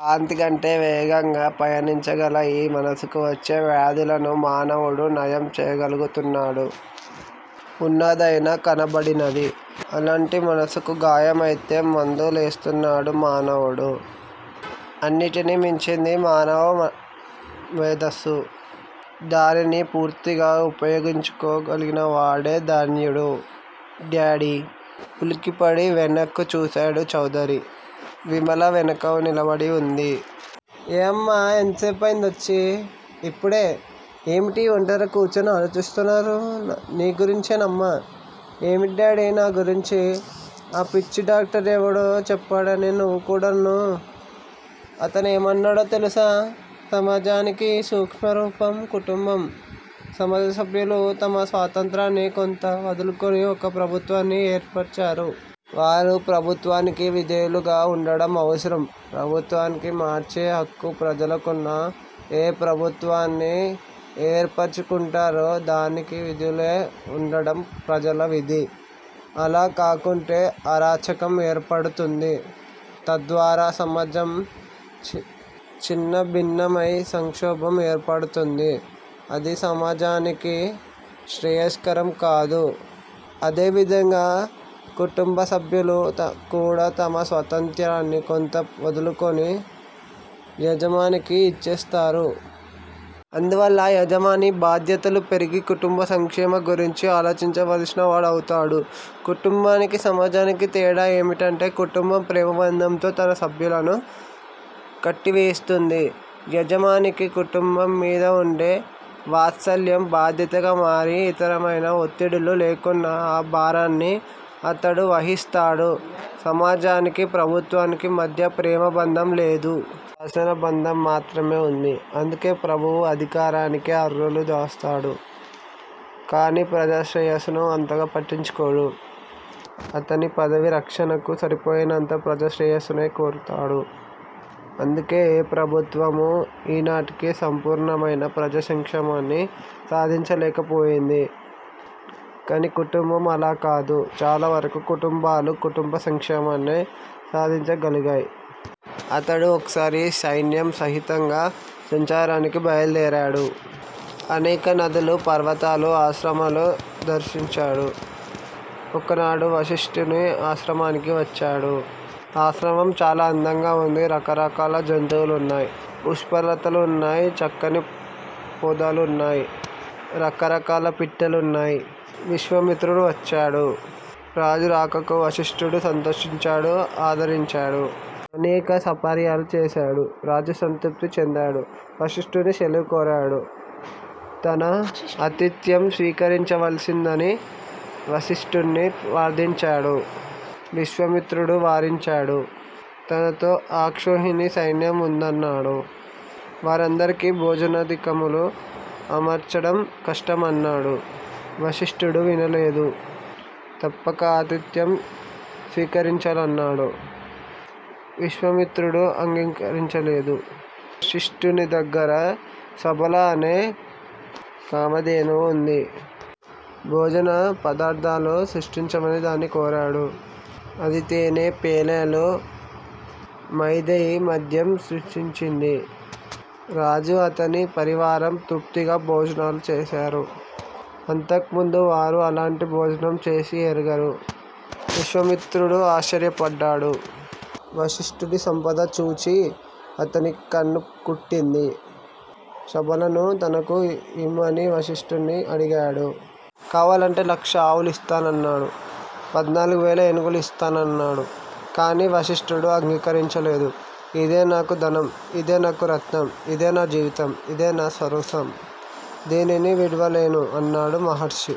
కాంతికంటే వేగంగా పయనించగల ఈ మనసుకు వచ్చే వ్యాధులను మానవుడు నయం చేయగలుగుతున్నాడు. ఉన్నదయినా కనబడినది. అలాంటి మనసుకు గాయం అయితే మందు లేస్తున్నాడు మానవుడు. అన్నింటినీ మించింది మానవ మేధస్సు. దానిని పూర్తిగా ఉపయోగించుకోగలిగినవాడే ధన్యుడు__ డాడీ! ఉలిక్కిపడి వెనక్కు చూశాడు చౌదరి. విమల వెనక నిలబడి వుంది. ఏమ్మా! ఎంతసేపైంది వచ్చి? ఇప్పుడే! ఏమిటి వంటరిగా కూర్చుని ఆలోచిస్తున్నారు? నీ గురించేనమ్మా! ఏమిటి డాడీ నా గురించి? ఆ పిచ్చి డాక్టరేదో చెప్పాడని నువ్వు కూడానూ__ అతనేమన్నాడో తెలుసా? సమాజానికి సూక్ష్మరూపం కుటుంబం. సమాజ సభ్యులు తమ స్వాతంత్ర్యాన్ని కొంత వదులుకొని ఒక ప్రభుత్వాన్ని ఏర్పరచారు. వారు ప్రభుత్వానికి విధేయులుగా వుండడం అవసరం. ప్రభుత్వాన్ని మార్చే హక్కు ప్రజలకున్నా, ఏ ప్రభుత్వాన్ని ఏర్పరచుకుంటారో, దానికి విధేయులై వుండడం ప్రజల విధి. అలా కాకుంటే అరాచకం ఏర్పడుతుంది. తద్వారా సమాజం ఛిన్నాభిన్నమై సంక్షోభం ఏర్పడుతుంది. అది సమాజానికి శ్రేయస్కరం కాదు. అదేవిధంగా కుటుంబ సభ్యులు కూడా తమ స్వాతంత్ర్యాన్ని కొంత వదులుకొని, యజమానికిచ్చేస్తారు. అందువల్ల యజమాని బాధ్యతలు పెరిగి కుటుంబ సంక్షేమాన్ని గురించి ఆలోచించవలసినవాడవుతాడు. కుటుంబానికి, సమాజానికి తేడా ఏమంటే, కుటుంబం ప్రేమబంధంతో తన సభ్యులను కట్టివేస్తుంది. యజమానికి కుటుంబం మీద వుండే వాత్సల్యం, బాధ్యతగా మారి, ఇతరమైన ఒత్తుడిలు లేకున్నా ఆ భారాన్ని అతడు వహిస్తాడు. సమాజానికి, ప్రభుత్వానికి మధ్య ప్రేమబంధం లేదు. శాసనబంధం మాత్రమే వుంది. అందుకే ప్రభువు అధికారానికే అర్రులు జాస్తాడు కాని, ప్రజా శ్రేయస్సును అంతగా పట్టించుకోడు. అతని పదవి రక్షణకు సరిపోయినంత ప్రజా శ్రేయస్సునే కోరతాడు. అందుకే ఏ ప్రభుత్వమూ ఈనాటికి సంపూర్ణమైన ప్రజా సంక్షేమాన్ని సాధించలేకపోయింది. కాని కుటుంబం అలాకాదు. చాలావరకు కుటుంబాలు కుటుంబ సంక్షేమాన్ని సాధించగలిగాయి. అతడు ఒకసారి సైన్యం సహితంగా సంచారానికి బయల్దేరాడు. అనేక నదులు, పర్వతాలు, ఆశ్రమాలూ దర్శించాడు. ఒకనాడు వశిష్ఠుని ఆశ్రమానికి వచ్చాడు. ఆశ్రమం చాలా అందంగా వుంది. రకరకాల జంతువులున్నాయి. పుష్పలతలున్నాయి. చక్కని పొదలున్నాయి. రకరకాల పిట్టలున్నాయి. విశ్వామిత్రుడు వచ్చాడు. రాజు రాకకు వశిష్టుడు సంతోషించాడు. ఆదరించాడు. అనేక సపర్యలు చేశాడు. రాజు సంతృప్తి చెందాడు. వశిష్ఠుణ్ణి శెలవు కోరాడు. తన ఆతిథ్యం స్వీకరించవలసిందని వశిష్ఠుడు ప్రార్ధించాడు. విశ్వామిత్రుడు వారించాడు. తనతో అక్షోహిణి సైన్యం ఉందన్నాడు. వారందరికీ భోజనాదికములు అమర్చడం కష్టం అన్నాడు. వశిష్టుడు వినలేదు. తప్పక ఆతిథ్యం స్వీకరించాలన్నాడు. విశ్వామిత్రుడు అంగీకరించలేదు. వశిష్టుని దగ్గర శబళ అనే కామధేనువు వుంది. భోజన పదార్ధాలు సృష్టించమని దాన్ని కోరాడు. అది తేనె, పేలాలు, మైదేయ్, మద్యం సృష్టించింది. రాజు అతని పరివారం తృప్తిగా భోజనాలు చేశారు. అంతకుముందు వారు అలాంటి భోజనం చేసి ఎరుగరు. విశ్వామిత్రుడు ఆశ్చర్యపడ్డాడు. వశిష్టుని సంపద చూచి అతనికి కన్ను కుట్టింది. శబళను తనకు ఇమ్మని వశిష్టుణ్ణి అడిగాడు. కావాలంటే లక్ష ఆవులు ఇస్తానన్నాడు. పద్నాలుగువేల ఏనుగులు ఇస్తానన్నాడు. కాని వశిష్టుడు అంగీకరించలేదు. ఇదే నాకు ధనం. ఇదే నాకు రత్నం. ఇదే నా జీవితం. ఇదే నా సర్వస్వం. దీనిని విడువలేను అన్నాడు. మహర్షి